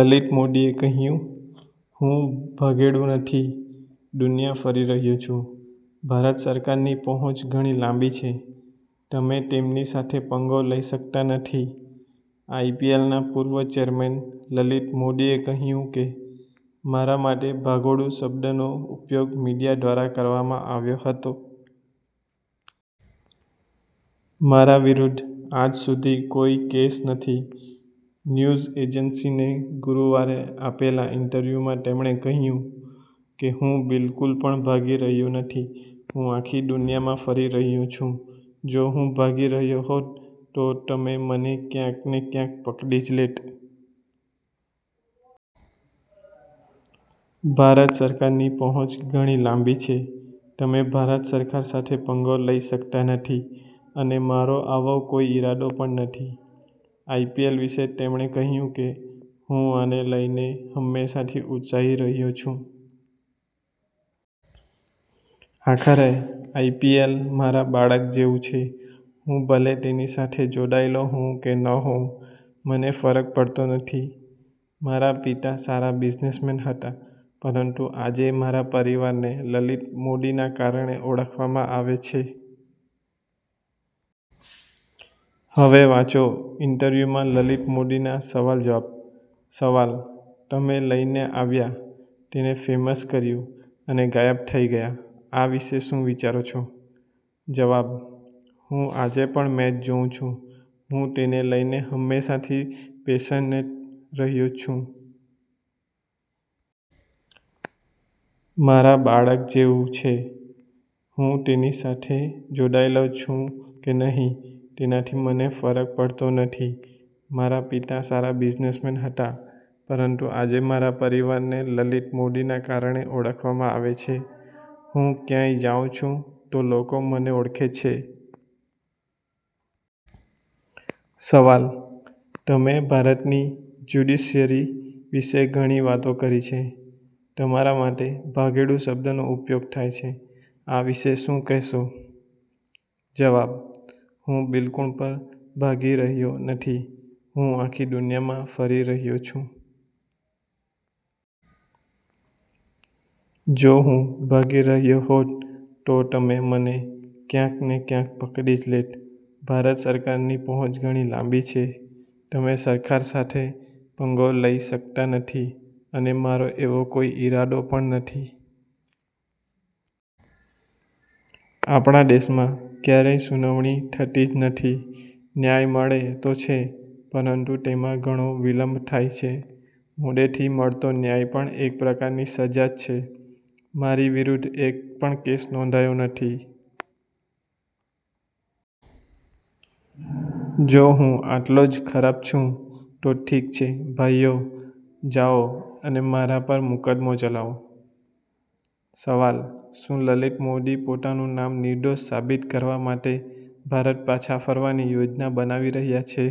લલિત મોદીએ કહ્યું, " હું ભાગેડુ નથી, દુનિયા ફરી રહ્યો છું. ભારત સરકારની પહોંચ ઘણી લાંબી છે, તમે તેમની સાથે પંગો લઈ શકતા નથી. આઈપીએલના પૂર્વ ચેરમેન લલિત મોદીએ કહ્યું કે, "મારા માટે ભાગેડુ શબ્દનો ઉપયોગ મીડિયા દ્વારા કરવામાં આવ્યો હતો. મારા વિરુદ્ધ આજ સુધી કોઈ કેસ નથી." ન્યૂઝ એજન્સી ને ગુરુવારે આપેલા ઇન્ટરવ્યુમાં તેમણે કહ્યું, "કે હું બિલકુલ પણ ભાગી રહ્યો નથી. હું આખી દુનિયામાં ફરી રહ્યો છું. જો હું ભાગી રહ્યો હોત, તો તમે મને ક્યાંક ને ક્યાંક પકડી જ લેત. ભારત સરકારની પહોંચ ઘણી લાંબી છે. તમે ભારત સરકાર સાથે પંગો લઈ શકતા નથી. અને મારો આવો કોઈ ઇરાદો પણ નથી." આઈપીએલ વિશે તેમણે કહ્યું કે, "હું આને લઈને હંમેશાથી ઉત્સાહી રહ્યો છું. આખરે આઈપીએલ મારા બાળક જેવું છે. હું ભલે તેની સાથે જોડાયેલો હોઉં કે ન હોઉં, મને ફરક પડતો નથી. મારા પિતા સારા બિઝનેસમેન હતા, પરંતુ આજે મારા પરિવારને લલિત મોદીના કારણે ઓળખવામાં આવે છે." હવે વાંચો ઇન્ટરવ્યુમાં લલિત મોદીના સવાલ-જવાબ:- સવાલ: "તમે લઈને આવ્યા, તેને ફેમસ કર્યું અને ગાયબ થઈ ગયા. આ વિશે શું વિચારો છો?" જવાબ: "હું આજે પણ મેચ જોઉં છું. હું તેને લઈને હંમેશાથી પેશનેટ રહ્યો છું. મારા બાળક જેવું છે. હું તેની સાથે જોડાયેલો છું કે નહીં, તેનાથી મને ફરક પડતો નથી. મારા પિતા સારા બિઝનેસમેન હતા, પરંતુ આજે મારા પરિવારને લલિત મોદીના કારણે ઓળખવામાં આવે છે. હું ક્યાંય જાઉં છું તો લોકો મને ઓળખે છે. " સવાલ: "તમે ભારતની જ્યુડિશિયરી વિશે ઘણી વાતો કરી છે. તમારા માટે 'ભાગેડુ' શબ્દનો ઉપયોગ થાય છે. આ વિશે શું કહેશો?" જવાબ: "હું બિલકુલ પણ ભાગી રહ્યો નથી. હું આખી દુનિયામાં ફરી રહ્યો છું. જો હું ભાગી રહ્યો હોત, તો તમે મને ક્યાંક ને ક્યાંક પકડી જ લેત. ભારત સરકારની પહોંચ ઘણી લાંબી છે. તમે સરકાર સાથે પંગો લઈ શકતા નથી. અને મારો એવો કોઈ ઇરાદો પણ નથી. આપણા દેશમાં ક્યારેય સુનાવણી થતી જ નથી. ન્યાય મળે તો છે, પરંતુ તેમાં ઘણો વિલંબ થાય છે. મોડેથી મળતો ન્યાય પણ એક પ્રકારની સજા જ છે. મારી વિરુદ્ધ એક પણ કેસ નોંધાયો નથી. જો હું આટલો જ ખરાબ છું તો ઠીક છે, ભાઈઓ, જાઓ અને મારા પર મુકદ્દમો ચલાવો." સવાલ: "શું લલિત મોદી પોતાનું નામ નિર્દોષ સાબિત કરવા માટે ભારત પાછા ફરવાની યોજના બનાવી રહ્યા છે?"